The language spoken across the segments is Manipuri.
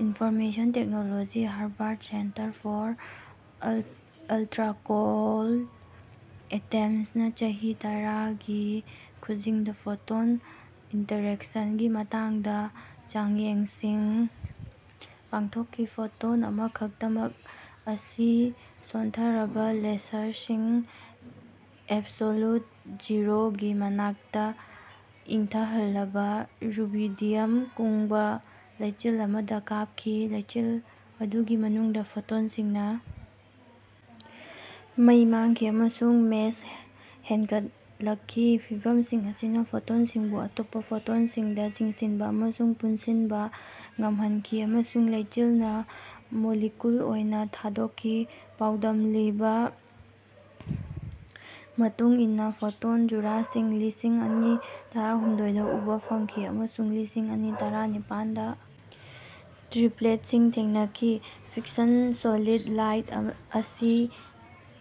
Information technology Harvard centre for ultracold ꯑꯦꯇꯦꯝꯁꯅ ꯆꯍꯤ ꯇꯔꯥꯒꯤ ꯈꯨꯖꯤꯡꯗ ꯐꯣꯇꯣꯟ ꯏꯟꯇꯔꯦꯛꯁꯟꯒꯤ ꯃꯇꯥꯡꯗ ꯆꯥꯡꯌꯦꯡꯁꯤꯡ ꯄꯥꯡꯊꯣꯛꯈꯤ꯫ ꯐꯣꯇꯣꯟ ꯑꯃꯈꯛꯇꯃꯛ ꯑꯁꯤ ꯁꯣꯟꯊꯔꯕ ꯂꯦꯁꯔꯁꯤꯡ ꯑꯦꯕꯁꯣꯂꯨꯠ ꯖꯤꯔꯣꯒꯤ ꯃꯅꯥꯛꯇ ꯏꯪꯊꯍꯜꯂꯕ ꯔꯨꯕꯤꯗꯤꯌꯝ ꯀꯨꯡꯕ ꯂꯩꯆꯤꯜ ꯑꯃꯗ ꯀꯥꯞꯈꯤ꯫ ꯂꯩꯆꯤꯜ ꯑꯗꯨꯒꯤ ꯃꯅꯨꯡꯗ ꯐꯣꯇꯣꯟꯁꯤꯡꯅ ꯃꯩ ꯃꯥꯡꯈꯤ ꯑꯃꯁꯨꯡ ꯃꯦꯁ ꯍꯦꯟꯒꯠꯂꯛꯈꯤ꯫ ꯐꯤꯚꯝꯁꯤꯡ ꯑꯁꯤꯅ ꯐꯣꯇꯣꯟꯁꯤꯡꯕꯨ ꯑꯇꯣꯞꯄ ꯐꯣꯇꯣꯟꯁꯤꯡꯗ ꯆꯤꯡꯁꯤꯟꯕ ꯑꯃꯁꯨꯡ ꯄꯨꯟꯁꯤꯟꯕ ꯉꯝꯍꯟꯈꯤ ꯑꯃꯁꯨꯡ ꯂꯩꯆꯤꯜꯅ ꯃꯣꯂꯤꯀꯨꯜ ꯑꯣꯏꯅ ꯊꯥꯗꯣꯛꯈꯤ꯫ ꯄꯥꯎꯗꯝꯂꯤꯕ ꯃꯇꯨꯡ ꯏꯟꯅ ꯐꯣꯇꯣꯟ ꯖꯨꯔꯥꯁꯤꯡ ꯂꯤꯁꯤꯡ ꯑꯅꯤ ꯇꯔꯥꯍꯨꯝꯗꯣꯏꯗ ꯎꯕ ꯐꯪꯈꯤ ꯑꯃꯁꯨꯡ ꯂꯤꯁꯤꯡ ꯑꯅꯤ ꯇꯔꯥꯅꯤꯄꯥꯟꯗ ꯇ꯭ꯔꯤꯄ꯭ꯂꯦꯠꯁꯤꯡ ꯊꯦꯡꯅꯈꯤ꯫ ꯐꯤꯛꯁꯟ ꯁꯣꯂꯤꯗ ꯂꯥꯏꯠ ꯑꯁꯤ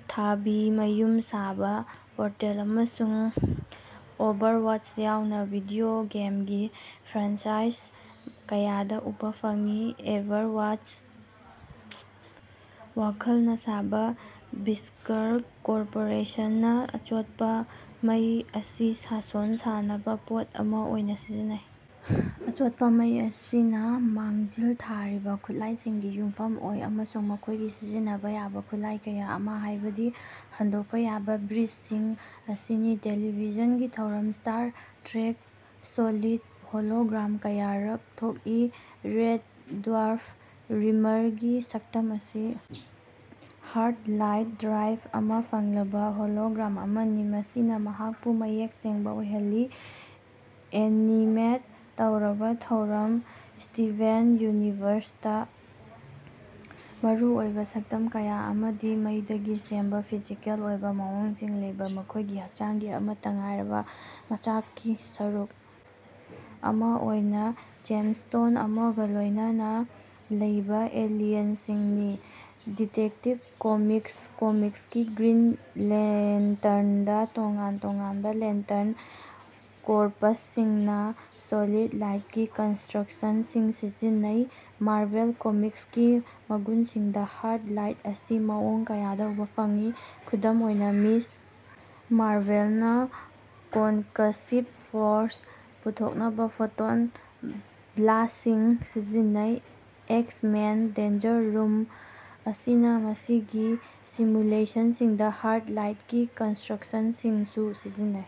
ꯊꯥꯕꯤ ꯃꯌꯨꯝ ꯁꯥꯕ ꯄꯣꯔꯇꯦꯜ ꯑꯃꯁꯨꯡ ꯑꯣꯚꯔꯋꯥꯆ ꯌꯥꯎꯅ ꯚꯤꯗꯤꯑꯣ ꯒꯦꯝꯒꯤ ꯐ꯭ꯔꯥꯟꯆꯥꯏꯖ ꯀꯌꯥꯗ ꯎꯕ ꯐꯪꯉꯤ꯫ ꯑꯣꯚꯔꯋꯥꯆ ꯋꯥꯈꯜꯅ ꯁꯥꯕ ꯕꯤꯁ꯭ꯀꯔ ꯀꯣꯔꯄꯣꯔꯦꯁꯟꯅ ꯑꯆꯣꯠꯄ ꯃꯩ ꯑꯁꯤ ꯁꯥꯁꯣꯟ ꯁꯥꯅꯕ ꯄꯣꯠ ꯑꯃ ꯑꯣꯏꯅ ꯁꯤꯖꯤꯟꯅꯩ꯫ ꯑꯆꯣꯠꯄ ꯃꯩ ꯑꯁꯤꯅ ꯃꯥꯡꯖꯤꯜ ꯊꯥꯔꯤꯕ ꯈꯨꯠꯂꯥꯏꯁꯤꯡꯒꯤ ꯌꯨꯝꯐꯝ ꯑꯣꯏ ꯑꯃꯁꯨꯡ ꯃꯈꯣꯏꯒꯤ ꯁꯤꯖꯤꯟꯅꯕ ꯌꯥꯕ ꯈꯨꯠꯂꯥꯏ ꯀꯌꯥ ꯑꯃ ꯍꯥꯏꯕꯗꯤ ꯍꯟꯗꯣꯛꯄ ꯌꯥꯕ ꯕ꯭ꯔꯤꯖꯁꯤꯡ ꯑꯁꯤꯅꯤ꯫ ꯇꯦꯂꯤꯚꯤꯖꯟꯒꯤ ꯊꯧꯔꯝ ꯁ꯭ꯇꯥꯔ ꯇ꯭ꯔꯦꯛ ꯁꯣꯂꯤꯗ ꯍꯣꯂꯣꯒ꯭ꯔꯥꯝ ꯀꯌꯥꯔꯛ ꯊꯣꯛꯏ꯫ ꯔꯦꯗ ꯗ꯭ꯋꯔꯐ ꯔꯤꯝꯃꯔꯒꯤ ꯁꯛꯇꯝ ꯑꯁꯤ ꯍꯥꯔ꯭ꯗ ꯂꯥꯏꯠ ꯗ꯭ꯔꯥꯏꯕ ꯑꯃ ꯐꯪꯂꯕ ꯍꯣꯂꯣꯒ꯭ꯔꯥꯝ ꯑꯃꯅꯤ ꯃꯁꯤꯅ ꯃꯍꯥꯛꯄꯨ ꯃꯌꯦꯛ ꯁꯦꯡꯕ ꯑꯣꯏꯍꯜꯂꯤ꯫ ꯑꯦꯅꯤꯃꯦꯠ ꯇꯧꯔꯕ ꯊꯧꯔꯝ ꯁ꯭ꯇꯤꯚꯦꯟ ꯌꯨꯅꯤꯚꯔꯁꯇ ꯃꯔꯨꯑꯣꯏꯕ ꯁꯛꯇꯝ ꯀꯌꯥ ꯑꯃꯥꯗꯤ ꯃꯩꯗꯒꯤ ꯁꯦꯝꯕ ꯐꯤꯖꯤꯀꯦꯜ ꯑꯣꯏꯕ ꯃꯑꯣꯡꯁꯤꯡ ꯂꯩꯕ ꯃꯈꯣꯏꯒꯤ ꯍꯛꯆꯥꯡꯒꯤ ꯑꯃꯠꯇ ꯉꯥꯏꯔꯕ ꯃꯆꯥꯛꯀꯤ ꯁꯔꯨꯛ ꯑꯃ ꯑꯣꯏꯅ ꯖꯦꯝꯁꯇꯣꯟ ꯑꯃꯒ ꯂꯣꯏꯅꯅ ꯂꯩꯕ ꯑꯦꯂꯤꯌꯟꯁꯤꯡꯅꯤ꯫ ꯗꯤꯇꯦꯛꯇꯤꯚ ꯀꯣꯃꯤꯛꯁ ꯀꯣꯃꯤꯛꯁꯀꯤ ꯒ꯭ꯔꯤꯟ ꯂꯦꯟꯇ꯭ꯔꯟꯗ ꯇꯣꯉꯥꯟ ꯇꯣꯉꯥꯟꯕ ꯂꯦꯟꯇ꯭ꯔꯟ ꯀꯣꯔꯄ꯭ꯁꯁꯤꯡꯅ ꯁꯣꯂꯤꯗ ꯂꯥꯏꯠꯀꯤ ꯀꯟꯁꯇ꯭ꯔꯛꯁꯤꯡ ꯁꯤꯖꯤꯟꯅꯩ꯫ ꯃꯥꯔꯚꯦꯜ ꯀꯣꯃꯤꯛꯁꯀꯤ ꯃꯒꯨꯟꯁꯤꯡꯗ ꯍꯥꯔ꯭ꯗ ꯂꯥꯏꯠ ꯑꯁꯤ ꯃꯑꯣꯡ ꯀꯌꯥꯗ ꯎꯕ ꯐꯪꯉꯤ꯫ ꯈꯨꯗꯝ ꯑꯣꯏꯅ ꯃꯤꯁ ꯃꯥꯔꯚꯦꯜꯅ ꯀꯣꯟꯀꯁꯤꯕ ꯐꯣꯔꯁ ꯄꯨꯊꯣꯛꯅꯕ ꯐꯣꯇꯣꯟ ꯕ꯭ꯂꯥꯁ꯭ꯠꯁꯤꯡ ꯁꯤꯖꯤꯟꯅꯩ꯫ ꯑꯦꯛꯁ-ꯃꯦꯟ ꯗꯦꯟꯖꯔ ꯔꯨꯝ ꯑꯁꯤꯅ ꯃꯁꯤꯒꯤ ꯁꯤꯃꯨꯂꯦꯁꯟꯁꯤꯡꯗ ꯍꯥꯔ꯭ꯗ ꯂꯥꯏꯠꯀꯤ ꯀꯟꯁꯇ꯭ꯔꯛꯁꯤꯡꯁꯨ ꯁꯤꯖꯤꯟꯅꯩ꯫